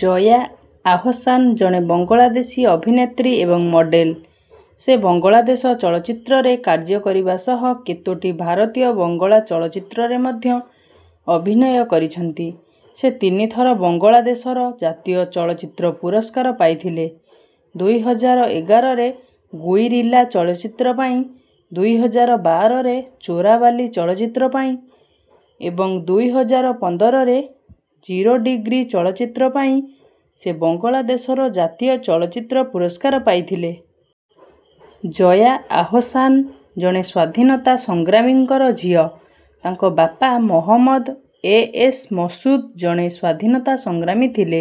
ଜୟା ଆହସାନ ଜଣେ ବଙ୍ଗଳାଦେଶୀ ଅଭିନେତ୍ରୀ ଏବଂ ମଡେଲ। ସେ ବଙ୍ଗଳାଦେଶ ଚଳଚ୍ଚିତ୍ରରେ କାର୍ଯ୍ୟ କରିବା ସହ କେତୋଟି ଭାରତୀୟ ବଙ୍ଗଳା ଚଳଚ୍ଚିତ୍ରରେ ମଧ୍ୟ ଅଭିନୟ କରିଛନ୍ତି। ସେ ତିନି ଥର ବଙ୍ଗଳାଦେଶର ଜାତୀୟ ଚଳଚ୍ଚିତ୍ର ପୁରସ୍କାର ପାଇଥିଲେ। ଦୁଇ ହଜାର ଏଗାରରେ ଗୁଇରିଲ୍ଲା ଚଳଚ୍ଚିତ୍ର ପାଇଁ, ଦୁଇ ହଜାର ବାରରେ ଚୋରାବାଲି ଚଳଚ୍ଚିତ୍ର ପାଇଁ ଏବଂ ଦୁଇ ହଜାର ପନ୍ଦରରେ ଜିରୋ ଡୀଗ୍ରୀ ଚଳଚ୍ଚିତ୍ର ପାଇଁ ସେ ବଙ୍ଗଳାଦେଶର ଜାତୀୟ ଚଳଚ୍ଚିତ୍ର ପୁରସ୍କାର ପାଇଥିଲେ। ଜୟା ଆହସାନ ଜଣେ ସ୍ୱାଧୀନତା ସଂଗ୍ରାମୀଙ୍କର ଝିଅ। ତାଙ୍କ ବାପା ମହମଦ ଏ. ଏସ୍. ମସୁଦ୍ ଜଣେ ସ୍ୱାଧୀନତା ସଂଗ୍ରାମୀ ଥିଲେ।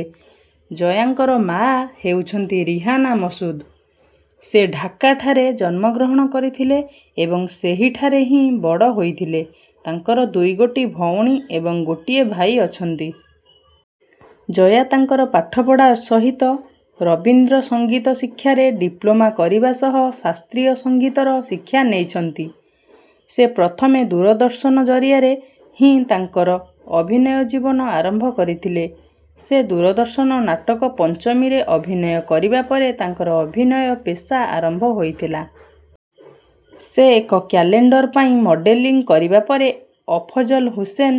ଜୟାଙ୍କର ମାଆ ହେଉଛନ୍ତି ରିହାନା ମସୁଦ୍। ସେ ଢାକାଠାରେ ଜନ୍ମଗ୍ରହଣ କରିଥିଲେ ଏବଂ ସେହିଠାରେ ହିଁ ବଡ଼ ହୋଇଥିଲେ। ତାଙ୍କର ଦୁଇଗୋଟି ଭଉଣୀ ଏବଂ ଗୋଟିଏ ଭାଇ ଅଛନ୍ତି। ଜୟା ତାଙ୍କର ପାଠପଢ଼ା ସହିତ ରବିନ୍ଦ୍ର ସଙ୍ଗୀତ ଶିକ୍ଷାରେ ଡିପ୍ଲୋମା କରିବା ସହ ଶାସ୍ତ୍ରୀୟ ସଙ୍ଗୀତର ଶିକ୍ଷା ନେଇଛନ୍ତି। ସେ ପ୍ରଥମେ ଦୂରଦର୍ଶନ ଜରିଆରେ ହିଁ ତାଙ୍କର ଅଭିନୟ ଜୀବନ ଆରମ୍ଭ କରିଥିଲେ। ସେ ଦୂରଦର୍ଶନ ନାଟକ ପଞ୍ଚମୀରେ ଅଭିନୟ କରିବା ପରେ ତାଙ୍କର ଅଭିନୟ ପେଷା ଆରମ୍ଭ ହୋଇଥିଲା। ସେ ଏକ କ୍ୟାଲେଣ୍ଡର ପାଇଁ ମଡେଲିଂ କରିବା ପରେ ଅଫଜଲ ହୁସେନ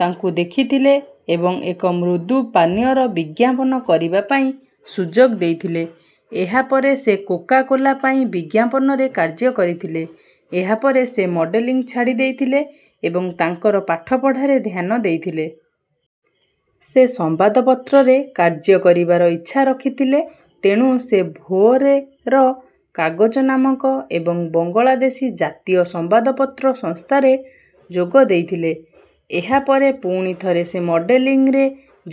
ତାଙ୍କୁ ଦେଖିଥିଲେ ଏବଂ ଏକ ମୃଦୁ ପାନୀୟର ବିଜ୍ଞାପନ କରିବା ପାଇଁ ସୁଯୋଗ ଦେଇଥିଲେ। ଏହାପରେ ସେ କୋକା-କୋଲା ପାଇଁ ବିଜ୍ଞାପନରେ କାର୍ଯ୍ୟ କରିଥିଲେ। ଏହାପରେ ସେ ମଡେଲିଂ ଛାଡ଼ି ଦେଇଥିଲେ ଏବଂ ତାଙ୍କର ପାଠପଢ଼ାରେ ଧ୍ୟାନ ଦେଇଥିଲେ। ସେ ସମ୍ବାଦପତ୍ରରେ କାର୍ଯ୍ୟ କରିବାର ଇଚ୍ଛା ରଖିଥିଲେ, ତେଣୁ ସେ ଭୋରେର କାଗଜ ନାମକ ଏବଂ ବଙ୍ଗଳାଦେଶୀ ଜାତୀୟ ସମ୍ବାଦପତ୍ର ସଂସ୍ଥାରେ ଯୋଗ ଦେଇଥିଲେ। ଏହାପରେ ପୁଣିଥରେ ସେ ମଡେଲିଂରେ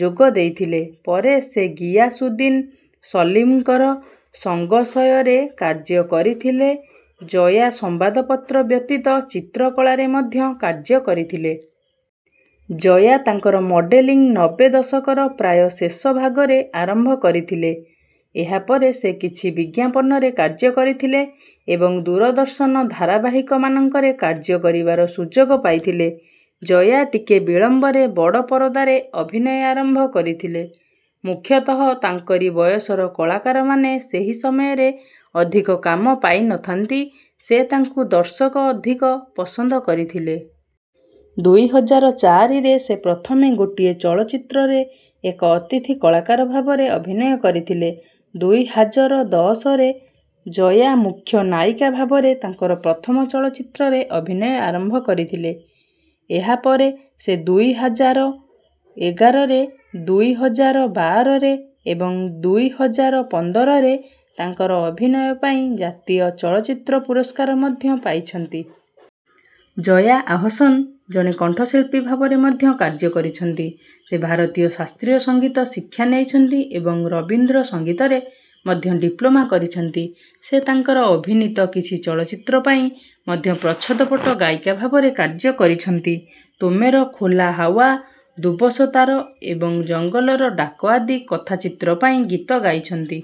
ଯୋଗ ଦେଇଥିଲେ। ପରେ ସେ ଗିଆସୁଦ୍ଦିନ ସଲିମଙ୍କର ସଙ୍ଗସୟରେ କାର୍ଯ୍ୟ କରିଥିଲେ। ଜୟା ସମ୍ବାଦପତ୍ର ବ୍ୟତୀତ ଚିତ୍ରକଳାରେ ମଧ୍ୟ କାର୍ଯ୍ୟ କରିଥିଲେ। ଜୟା ତାଙ୍କର ମଡେଲିଂ ନବେ ଦଶକର ପ୍ରାୟ ଶେଷ ଭାଗରେ ଆରମ୍ଭ କରିଥିଲେ। ଏହାପରେ ସେ କିଛି ବିଜ୍ଞାପନରେ କାର୍ଯ୍ୟ କରିଥିଲେ ଏବଂ ଦୂରଦର୍ଶନ ଧାରାବାହିକ ମାନଙ୍କରେ କାର୍ଯ୍ୟ କରିବାର ସୁଯୋଗ ପାଇଥିଲେ। ଜୟା ଟିକେ ବିଳମ୍ବରେ ବଡ଼ ପରଦାରେ ଅଭିନୟ ଆରମ୍ଭ କରିଥିଲେ। ମୁଖ୍ୟତଃ ତାଙ୍କରି ବୟସର କାଳାକାରମାନେ ସେହି ସମୟରେ ଅଧିକ କାମ ପାଇନଥାନ୍ତି, ସେ ତାଙ୍କୁ ଦର୍ଶକ ଅଧିକ ପସନ୍ଦ କରିଥିଲେ। ଦୁଇ ହଜାର ଚାରିରେ ସେ ପ୍ରଥମେ ଗୋଟିଏ ଚଳଚ୍ଚିତ୍ରରେ ଏକ ଅତିଥି କଳାକାର ଭାବରେ ଅଭିନୟ କରିଥିଲେ। ଦୁଇ ହାଜର ଦଶ ରେ ଜୟା ମୁଖ୍ୟ ନାୟିକା ଭାବରେ ତାଙ୍କର ପ୍ରଥମ ଚଳଚ୍ଚିତ୍ରରେ ଅଭିନୟ ଆରମ୍ଭ କରିଥିଲେ। ଏହାପରେ ସେଦୁଇ ହାଜର ଏଗାର ରେ, ଦୁଇ ହଜାର ବାର ରେ ଏବଂ ଦୁଇ ହଜାର ପନ୍ଦର ରେ ତାଙ୍କର ଅଭିନୟ ପାଇଁ ଜାତୀୟ ଚଳଚ୍ଚିତ୍ର ପୁରସ୍କାର ମଧ୍ୟ ପାଇଛନ୍ତି। ଜୟା ଆହସନ ଜଣେ କଣ୍ଠଶିଳ୍ପୀ ଭାବରେ ମଧ୍ୟ କାର୍ଯ୍ୟ କରିଛନ୍ତି। ସେ ଭାରତୀୟ ଶାସ୍ତ୍ରୀୟ ସଙ୍ଗୀତ ଶିକ୍ଷା ନେଇଛନ୍ତି ଏବଂ ରବିନ୍ଦ୍ର ସଙ୍ଗୀତରେ ମଧ୍ୟ ଡିପ୍ଲୋମା କରିଛନ୍ତି। ସେ ତାଙ୍କର ଅଭିନୀତ କିଛି ଚଳଚ୍ଚିତ୍ର ପାଇଁ ମଧ୍ୟ ପ୍ରଚ୍ଛଦପଟ ଗାୟିକା ଭାବରେ କାର୍ଯ୍ୟ କରିଛନ୍ତି। ତୋମେର ଖୋଲା ହାୱା, ଦୁବଶତାର ଏବଂ ଜଙ୍ଗଲର ଡାକ ଆଦି କଥାଚିତ୍ର ପାଇଁ ଗୀତ ଗାଇଛନ୍ତି।